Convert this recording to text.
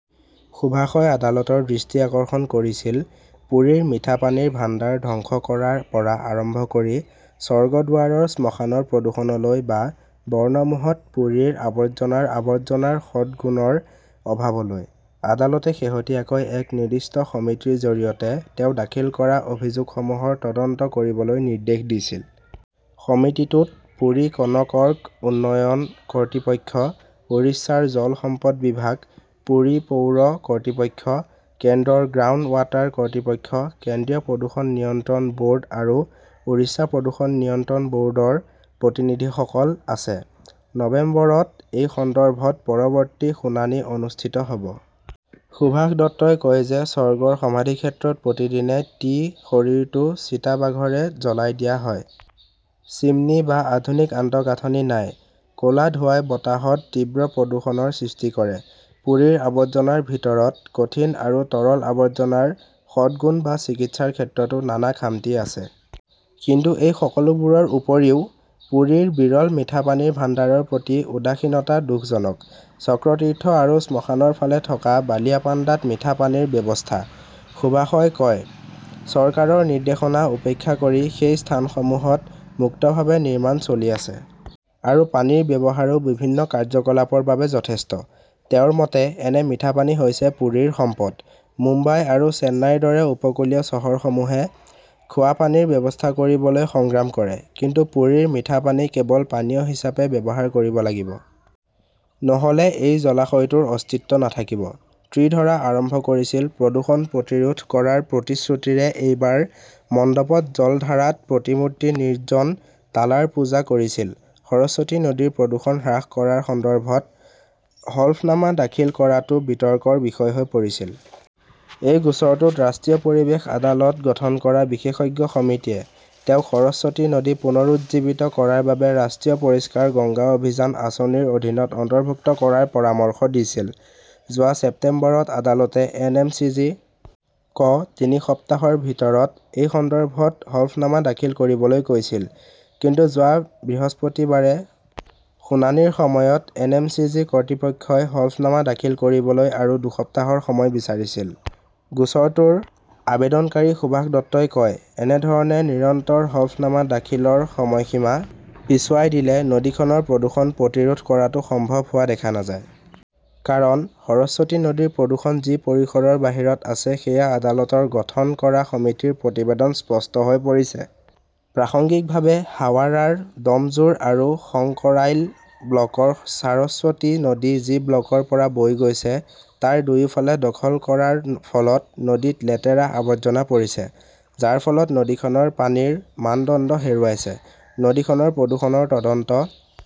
সুভাষই আদালতৰ দৃষ্টি আকৰ্ষণ কৰিছিল পুৰীৰ মিঠা পানীৰ ভাণ্ডাৰ ধ্বংস কৰাৰ পৰা আৰম্ভ কৰি স্বৰ্গ দুৱাৰৰ শ্মশানৰ প্ৰদূষণলৈ বা বৰ্ণমোহত পুৰীৰ আৱৰ্জনাৰ আৱৰ্জনাৰ সদ্গুণৰ অভাৱলৈ। আদালতে শেহতীয়াকৈ এক নিৰ্দিষ্ট সমিতিৰ জৰিয়তে তেওঁ দাখিল কৰা অভিযোগসমূহৰ তদন্ত কৰিবলৈ নিৰ্দেশ দিছিল। সমিতিটোত পুৰী কনকৰ্ক উন্নয়ন কৰ্তৃপক্ষ, উৰিষ্যাৰ জল সম্পদ বিভাগ, পুৰী পৌৰ কৰ্তৃপক্ষ, কেন্দ্ৰৰ গ্ৰাউণ্ড ৱাটাৰ কৰ্তৃপক্ষ, কেন্দ্ৰীয় প্ৰদূষণ নিয়ন্ত্ৰণ ব "ৰ্ড আৰু উৰিষ্যা প্ৰদূষণ নিয়ন্ত্ৰণ ব" ৰ্ডৰ প্ৰতিনিধিসকল আছে। নৱেম্বৰত এই সন্দৰ্ভত পৰৱৰ্তী শুনানি অনুষ্ঠিত হ "ব। সুভাষ দত্তই কয় যে স্বৰ্গৰ সমাধিক্ষেত্ৰত প্ৰতিদিনে টি শৰীৰটো চিতাবাঘৰে জ্বলাই দিয়া হয়। চিমনী বা আধুনিক আন্তঃগাঁথনি নাই। ক 'লা ধোঁৱাই বতাহত তীব্ৰ প্ৰদূষণৰ সৃষ্টি কৰিছে। পুৰীৰ আৱৰ্জনাৰ ভিতৰত কঠিন আৰু তৰল আৱৰ্জনাৰ সদ্গুণ বা চিকিৎসাৰ ক্ষেত্ৰতো নানা খামতি আছে। কিন্তু এই সকলোবোৰৰ উপৰিও, পুৰীৰ বিৰল মিঠা পানীৰ ভাণ্ডাৰৰ প্ৰতি উদাসীনতা দুখজনক। চক্ৰতীৰ্থ আৰু শ্মশানৰ ফালে থকা বালিয়াপাণ্ডাত মিঠা পানীৰ ব্যৱস্থা। সুভাষই কয়, "চৰকাৰৰ নিৰ্দেশনা উপেক্ষা কৰি সেই স্থানসমূহত মুক্তভাৱে নিৰ্মাণ চলি আছে। আৰু পানীৰ ব্যৱহাৰো বিভিন্ন কাৰ্যকলাপৰ বাবে যথেষ্ট। "তেওঁৰ মতে", এনে মিঠা পানী হৈছে পুৰীৰ সম্পদ। মুম্বাই আৰু চেন্নাইৰ দৰে উপকূলীয় চহৰসমূহে খোৱা পানীৰ ব্যৱস্থা কৰিবলৈ সংগ্ৰাম কৰে। কিন্তু পুৰীৰ মিঠা পানী কেৱল পানীয় হিচাপে ব্যৱহাৰ কৰিব লাগিব। নহ "লে এই জলাশয়টোৰ অস্তিত্ব নাথাকিব। "। ত্ৰিধৰা আৰম্ভ কৰিছিল, প্ৰদূষণ প্ৰতিৰোধ কৰাৰ প্ৰতিশ্ৰুতিৰে এইবাৰ মণ্ডপত জলধাৰাত প্ৰতিমূৰ্তি নিৰ্জন টালাৰ পূজা কৰিছিল। সৰস্বতী নদীৰ প্ৰদূষণ হ্ৰাস কৰাৰ সন্দৰ্ভত হলফনামা দাখিল কৰাটো বিতৰ্কৰ বিষয় হৈ পৰিছিল। এই গোচৰটোত ৰাষ্ট্ৰীয় পৰিৱেশ আদালত গঠন কৰা বিশেষজ্ঞ সমিতিয়ে তেওঁক সৰস্বতী নদী পুনৰুজ্জীৱিত কৰাৰ বাবে 'ৰাষ্ট্ৰীয় পৰিষ্কাৰ গংগা অভিযান " আঁচনিৰ অধীনত অন্তৰ্ভুক্ত কৰাৰ পৰামৰ্শ দিছিল। যোৱা ছেপ্টেম্বৰত আদালতে এন. এম. চি. জি. ক তিনি সপ্তাহৰ ভিতৰত এই সন্দৰ্ভত হলফনামা দাখিল কৰিবলৈ কৈছিল। কিন্তু যোৱা বৃহস্পতিবাৰে শুনানিৰ সময়ত এন. এম. চি. জি. কৰ্তৃপক্ষই হলফনামা দাখিল কৰিবলৈ আৰু দুসপ্তাহৰ সময় বিচাৰিছিল। গোচৰটোৰ আবেদনকাৰী সুভাষ দত্তই কয়, "এনে ধৰণে নিৰন্তৰ হলফনামা দাখিলৰ সময়সীমা পিছুৱাই দিলে নদীখনৰ প্ৰদূষণ প্ৰতিৰোধ কৰাটো সম্ভৱ হোৱা দেখা নাযায়। কাৰণ, সৰস্বতী নদীৰ প্ৰদূষণ যি পৰিসৰৰ বাহিৰত আছে সেয়া আদালতৰ গঠন কৰা সমিতিৰ প্ৰতিবেদনত স্পষ্ট হৈ পৰিছে। "প্ৰাসংগিকভাৱে, হাৱাৰাৰ ডমজুৰ আৰু শংকৰাইল ব্লকৰ চাৰস্বতী নদী যি ব্লকৰ পৰা বৈ গৈছে তাৰ দুয়োফালে দখল কৰাৰ ফলত নদীত লেতেৰা, আৱৰ্জনা পৰিছে। যাৰ ফলত নদীখনৰ পানীৰ মানদণ্ড হেৰুৱাইছে। নদীখনৰ প্ৰদূষণৰ তদন্ত